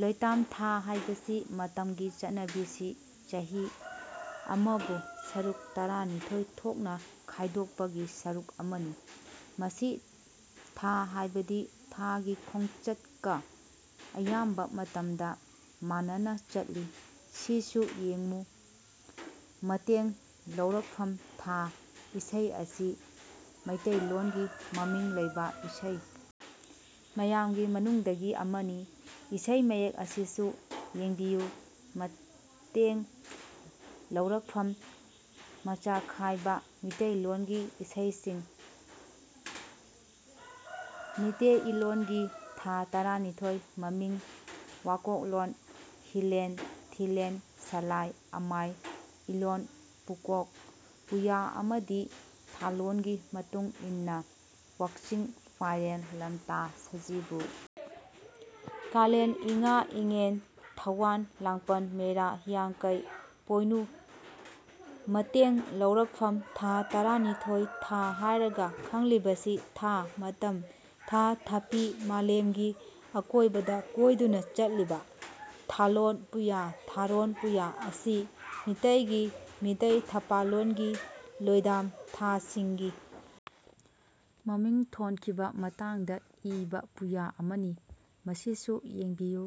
ꯂꯣꯢꯇꯥꯝ ꯊꯥ ꯍꯥꯢꯕꯁꯤ ꯃꯇꯝꯒꯤ ꯆꯠꯅꯕꯤꯁꯤ ꯆꯍꯤ ꯑꯃꯕꯨ ꯁꯔꯨꯛ ꯇꯔꯥꯅꯤꯊꯣꯏ ꯊꯣꯛꯅ ꯈꯥꯢꯗꯣꯛꯄꯒꯤ ꯁꯔꯨꯛ ꯑꯃꯅꯤ꯫ ꯃꯁꯤ ꯊꯥ ꯍꯥꯢꯕꯗꯤ ꯊꯥꯒꯤ ꯈꯣꯡꯆꯠꯀ ꯑꯌꯥꯝꯕ ꯃꯇꯝꯗ ꯃꯥꯟꯅꯅ ꯆꯠꯂꯤ꯫ ꯁꯤꯁꯨ ꯌꯦꯡꯉꯨ ꯃꯇꯦꯡ ꯂꯧꯔꯛꯐꯝ ꯊꯥ ꯏꯁꯩ ꯑꯁꯤ ꯃꯤꯇꯩꯂꯣꯟꯒꯤ ꯃꯃꯤꯡ ꯂꯩꯕ ꯏꯁꯩ ꯃꯌꯥꯝꯒꯤ ꯃꯅꯨꯡꯗꯒꯤ ꯑꯃꯅꯤ꯫ ꯏꯁꯩ ꯃꯌꯦꯛ ꯑꯁꯤꯁꯨ ꯌꯦꯡꯕꯤꯌꯨ ꯃꯇꯦꯡ ꯂꯧꯔꯛꯐꯝ ꯃꯆꯥꯈꯥꯏꯕ ꯃꯤꯇꯩꯂꯣꯟꯒꯤ ꯏꯁꯩꯁꯤꯡ ꯃꯤꯇꯦꯏꯂꯣꯟꯒꯤ ꯊꯥ ꯇꯥꯔꯥꯅꯤꯊꯣꯏ ꯃꯃꯤꯡ ꯋꯥꯀꯣꯛꯂꯣꯟ ꯍꯤꯂꯦꯜ ꯊꯤꯂꯦꯜ ꯁꯥꯂꯥꯏ ꯑꯃꯥꯏ ꯏꯂꯣꯟ ꯄꯨꯀꯣꯛ ꯄꯨꯌꯥ ꯑꯃꯗꯤ ꯊꯥꯂꯣꯟ ꯒꯤ ꯃꯇꯨꯡ ꯏꯟꯅ꯫ ꯋꯥꯛꯆꯤꯡ ꯐꯥꯏꯔꯦꯜ ꯂꯝꯇꯥ ꯁꯥꯖꯤꯕꯨ ꯀꯥꯂꯦꯟ ꯏꯉꯥ ꯏꯉꯦꯟ ꯊꯧꯋꯥꯟ ꯂꯥꯡꯄꯟ ꯃꯦꯔꯥ ꯍꯤꯌꯥꯡꯀꯩ ꯄꯣꯏꯅꯨ ꯃꯇꯦꯡ ꯂꯧꯔꯛꯐꯝ ꯊꯥ ꯇꯔꯅꯤꯊꯣꯏ ꯊꯥ ꯍꯥꯢꯔꯒ ꯈꯪꯂꯤꯕꯁꯤ ꯊꯥ (ꯃꯇꯝ) ꯊꯥ (ꯊꯄꯤ)- ꯃꯂꯦꯝꯒꯤ ꯑꯀꯣꯏꯕꯗ ꯀꯣꯏꯗꯨꯅ ꯆꯠꯂꯤꯕ꯫ "ꯊꯥꯂꯣꯟ ꯄꯨꯌꯥ" (ꯊꯥꯔꯣꯟ ꯄꯨꯌꯥ) ꯑꯁꯤ ꯃꯤꯇꯩꯒꯤ ꯃꯤꯇꯩ ꯊꯥꯄꯥꯂꯣꯟꯒꯤ ꯂꯣꯢꯗꯥꯝ ꯊꯥꯁꯤꯡꯒꯤ ꯃꯃꯤꯡ ꯊꯣꯟꯈꯤꯕ ꯃꯇꯥꯡꯗ ꯏꯕ ꯄꯨꯌꯥ ꯑꯃꯅꯤ꯫ ꯃꯁꯤꯁꯨ ꯌꯦꯡꯕꯤꯌꯨ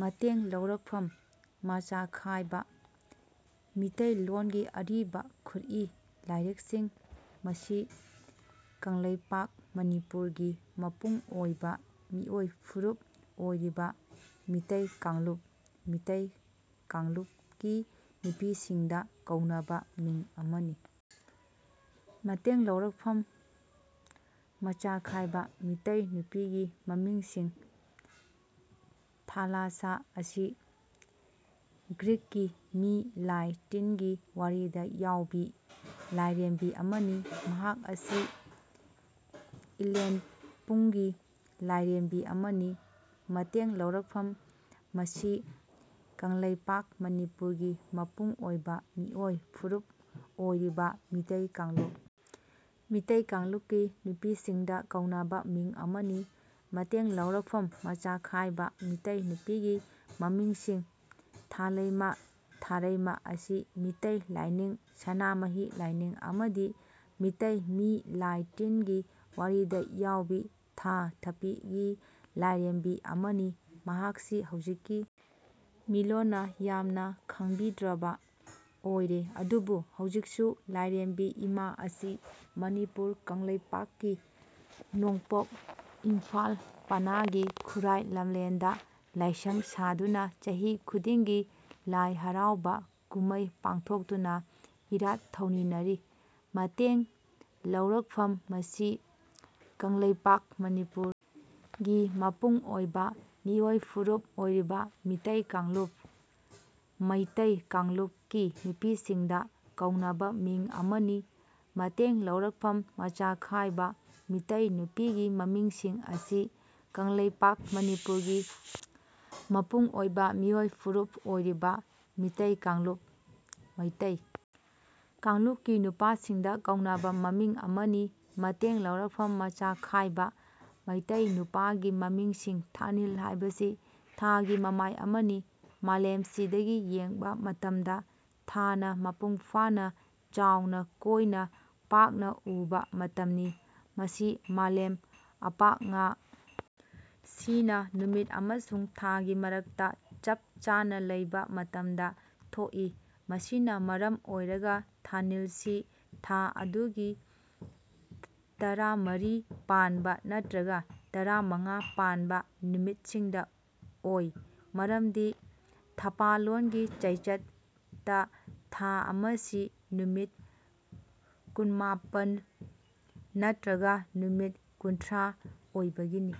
ꯃꯇꯦꯡ ꯂꯧꯔꯛꯐꯝ ꯃꯆꯥꯈꯥꯏꯕ ꯃꯤꯇꯩꯂꯣꯟꯒꯤ ꯑꯔꯤꯕ ꯈꯨꯠꯏ ꯂꯥꯢꯔꯤꯛꯁꯤꯡ ꯃꯁꯤ ꯀꯪꯂꯩꯄꯥꯛ (ꯃꯅꯤꯄꯨꯔ) ꯒꯤ ꯃꯄꯨꯡ ꯑꯣꯢꯕ ꯃꯤꯑꯣꯢ ꯐꯨꯔꯨꯞ ꯑꯣꯢꯔꯤꯕ ꯃꯤꯇꯩ ꯀꯥꯡꯂꯨꯞ (ꯃꯩꯇꯩ ꯀꯥꯡꯂꯨꯞ) ꯀꯤ ꯅꯨꯄꯤꯁꯤꯡꯗ ꯀꯧꯅꯕ ꯃꯤꯡ ꯑꯃꯅꯤ꯫ ꯃꯇꯦꯡ ꯂꯧꯔꯛꯐꯝ ꯃꯆꯥꯈꯥꯏꯕ:ꯃꯤꯇꯩ ꯅꯨꯄꯤꯒꯤ ꯃꯃꯤꯡꯁꯤꯡ ꯊꯥꯂꯥꯁꯁꯥ ꯑꯁꯤ ꯒ꯭ꯔꯤꯛꯀꯤ ꯃꯤ ꯂꯥꯢ ꯇꯤꯟꯒꯤ ꯋꯥꯔꯤꯗ ꯌꯥꯎꯕꯤ ꯂꯥꯢꯔꯦꯝꯕꯤ ꯑꯃꯅꯤ꯫ ꯃꯍꯥꯛ ꯑꯁꯤ ꯏꯂꯦꯟꯄꯨꯡꯒꯤ ꯂꯥꯢꯔꯦꯝꯕꯤ ꯑꯃꯅꯤ꯫ ꯃꯇꯦꯡ ꯂꯧꯔꯛꯐꯝ ꯃꯁꯤ ꯀꯪꯂꯩꯄꯥꯛ (ꯃꯅꯤꯄꯨꯔ) ꯒꯤ ꯃꯄꯨꯡ ꯑꯣꯢꯕ ꯃꯤꯑꯣꯢ ꯐꯨꯔꯨꯞ ꯑꯣꯢꯔꯤꯕ ꯃꯤꯇꯩ ꯀꯥꯡꯂꯨꯞ (ꯃꯩꯇꯩ ꯀꯥꯡꯂꯨꯞ) ꯀꯤ ꯅꯨꯄꯤꯁꯤꯡꯗ ꯀꯧꯅꯕ ꯃꯤꯡ ꯑꯃꯅꯤ꯫ ꯃꯇꯦꯡ ꯂꯧꯔꯛꯐꯝ ꯃꯆꯥꯈꯥꯏꯕ ꯃꯤꯇꯩ ꯅꯨꯄꯤꯒꯤ ꯃꯃꯤꯡꯁꯤꯡ ꯊꯥꯂꯩꯃ (ꯊꯥꯔꯩꯃ) ꯑꯁꯤ ꯃꯤꯇꯩ ꯂꯥꯢꯅꯤꯡ (ꯁꯅꯥꯃꯍꯤ ꯂꯥꯏꯅꯤꯡ) ꯑꯃꯗꯤ ꯃꯤꯇꯩ ꯃꯤ ꯂꯥꯢ ꯇꯤꯟꯒꯤ ꯋꯥꯔꯤꯗ ꯌꯥꯎꯕꯤ ꯊꯥ (ꯊꯄꯤ)ꯒꯤ ꯂꯥꯢꯔꯦꯝꯕꯤ ꯑꯃꯅꯤ꯫ ꯃꯍꯥꯛꯁꯤ ꯍꯧꯖꯤꯛꯀꯤ ꯃꯤꯂꯣꯜꯅ ꯌ ꯝꯅ ꯈꯪꯕꯤꯗ꯭ꯔꯕ ꯑꯣꯢꯔꯦ꯫ ꯑꯗꯨꯕꯨ ꯍꯧꯖꯤꯛꯁꯨ ꯂꯥꯢꯔꯦꯝꯕꯤ ꯏꯃꯥ ꯑꯁꯤ ꯃꯅꯤꯄꯨꯔ (ꯀꯪꯂꯩꯄꯥꯛ) ꯀꯤ ꯅꯣꯡꯄꯣꯛ ꯏꯝꯐꯥꯜ ꯄꯅꯥꯒꯤ ꯈꯨꯔꯥꯢ ꯂꯝꯂꯦꯟꯗ ꯂꯥꯢꯁꯪ ꯁꯥꯗꯨꯅ ꯆꯍꯤ ꯈꯨꯗꯤꯡꯒꯤ ꯂꯥꯢ ꯍꯔꯥꯎꯕ ꯀꯨꯝꯃꯩ ꯄꯥꯡꯊꯣꯛꯇꯨꯅ ꯏꯔꯥꯠ ꯊꯧꯅꯤꯅꯔꯤ꯫ ꯃꯇꯦꯡ ꯂꯧꯔꯛꯐꯝ ꯃꯁꯤ ꯀꯪꯂꯩꯄꯥꯛ (ꯃꯅꯤꯄꯨꯔ) ꯒꯤ ꯃꯄꯨꯡ ꯑꯣꯢꯕ ꯃꯤꯑꯣꯢ ꯐꯨꯔꯨꯞ ꯑꯣꯢꯔꯤꯕ ꯃꯤꯇꯩ ꯀꯥꯡꯂꯨꯞ (ꯃꯩꯇꯩ ꯀꯥꯡꯂꯨꯞ) ꯀꯤ ꯅꯨꯄꯤꯁꯤꯡꯗ ꯀꯧꯅꯕ ꯃꯤꯡ ꯑꯃꯅꯤ꯫ ꯃꯇꯦꯡ ꯂꯧꯔꯛꯐꯝ ꯃꯆꯥꯈꯥꯏꯕ ꯃꯤꯇꯩ ꯅꯨꯄꯤꯒꯤ ꯃꯃꯤꯡꯁꯤꯡ ꯃꯁꯤ ꯀꯪꯂꯩꯄꯥꯛ (ꯃꯅꯤꯄꯨꯔ) ꯒꯤ ꯃꯄꯨꯡ ꯑꯣꯢꯕ ꯃꯤꯑꯣꯢ ꯐꯨꯔꯨꯞ ꯑꯣꯢꯔꯤꯕ ꯃꯤꯇꯩ ꯀꯥꯡꯂꯨꯞ (ꯃꯩꯇꯩ ꯀꯥꯡꯂꯨꯞ) ꯀꯤ ꯅꯨꯄꯥꯁꯤꯡꯗ ꯀꯧꯅꯕ ꯃꯃꯤꯡ ꯑꯃꯅꯤ꯫ ꯃꯇꯦꯡ ꯂꯧꯔꯛꯐꯝ ꯃꯆꯥꯈꯥꯏꯕ ꯃꯤꯇꯩ ꯅꯨꯄꯥꯒꯤ ꯃꯃꯤꯡꯁꯤꯡ ꯊꯥꯅꯤꯜ ꯍꯥꯏꯕꯁꯤ ꯊꯥꯒꯤ ꯃꯃꯥꯏ ꯑꯃꯅꯤ ꯃꯂꯦꯝ ꯁꯤꯗꯒꯤ ꯌꯦꯡꯕ ꯃꯇꯝꯗ ꯊꯥ ꯅꯥ ꯃꯄꯨꯡ ꯐꯥꯅꯥ ꯆꯥꯎꯅꯥ ꯀꯣꯏꯅꯥ ꯄꯥꯛꯅꯥ ꯎꯕ ꯃꯇꯝꯅꯤ꯫ ꯃꯁꯤ ꯃꯂꯦꯝ ꯑꯄꯥꯛꯉꯥ ꯁꯤ ꯅꯥ ꯅꯨꯃꯤꯠ ꯑꯃꯁꯨꯡ ꯊ ꯒꯤ ꯃꯔꯛꯇꯥ ꯆꯞ ꯆꯥꯅꯥ ꯂꯩꯕ ꯃꯇꯝꯗ ꯊꯣꯛ ꯏ꯫ ꯃꯁꯤꯅꯥ ꯃꯔꯝ ꯑꯣꯏꯔꯒ ꯊꯥꯅꯤꯜ ꯁꯤ ꯊꯥ ꯑꯗꯨꯒꯤ ꯇꯔꯃꯔꯤ ꯄꯥꯟꯕ ꯅꯠꯇꯔꯒ ꯇꯔꯥꯃꯥꯉꯥ ꯄꯥꯟꯕ ꯅꯨꯃꯤꯠꯁꯤꯡꯗ ꯑꯣꯏ꯫ ꯃꯔꯝꯗꯤ ꯊꯄꯥꯂꯣꯟ ꯒꯤ ꯆꯩꯆꯠ ꯇꯥ ꯊꯥ ꯑꯃꯥꯁꯤ ꯅꯨꯃꯤꯠ ꯀꯨꯟꯃꯄꯥꯜ ꯅꯠꯇꯔꯒ ꯅꯨꯃꯤꯠ ꯀꯨꯟꯊꯔꯥ ꯑꯣꯏꯕꯒꯤꯅꯤ꯫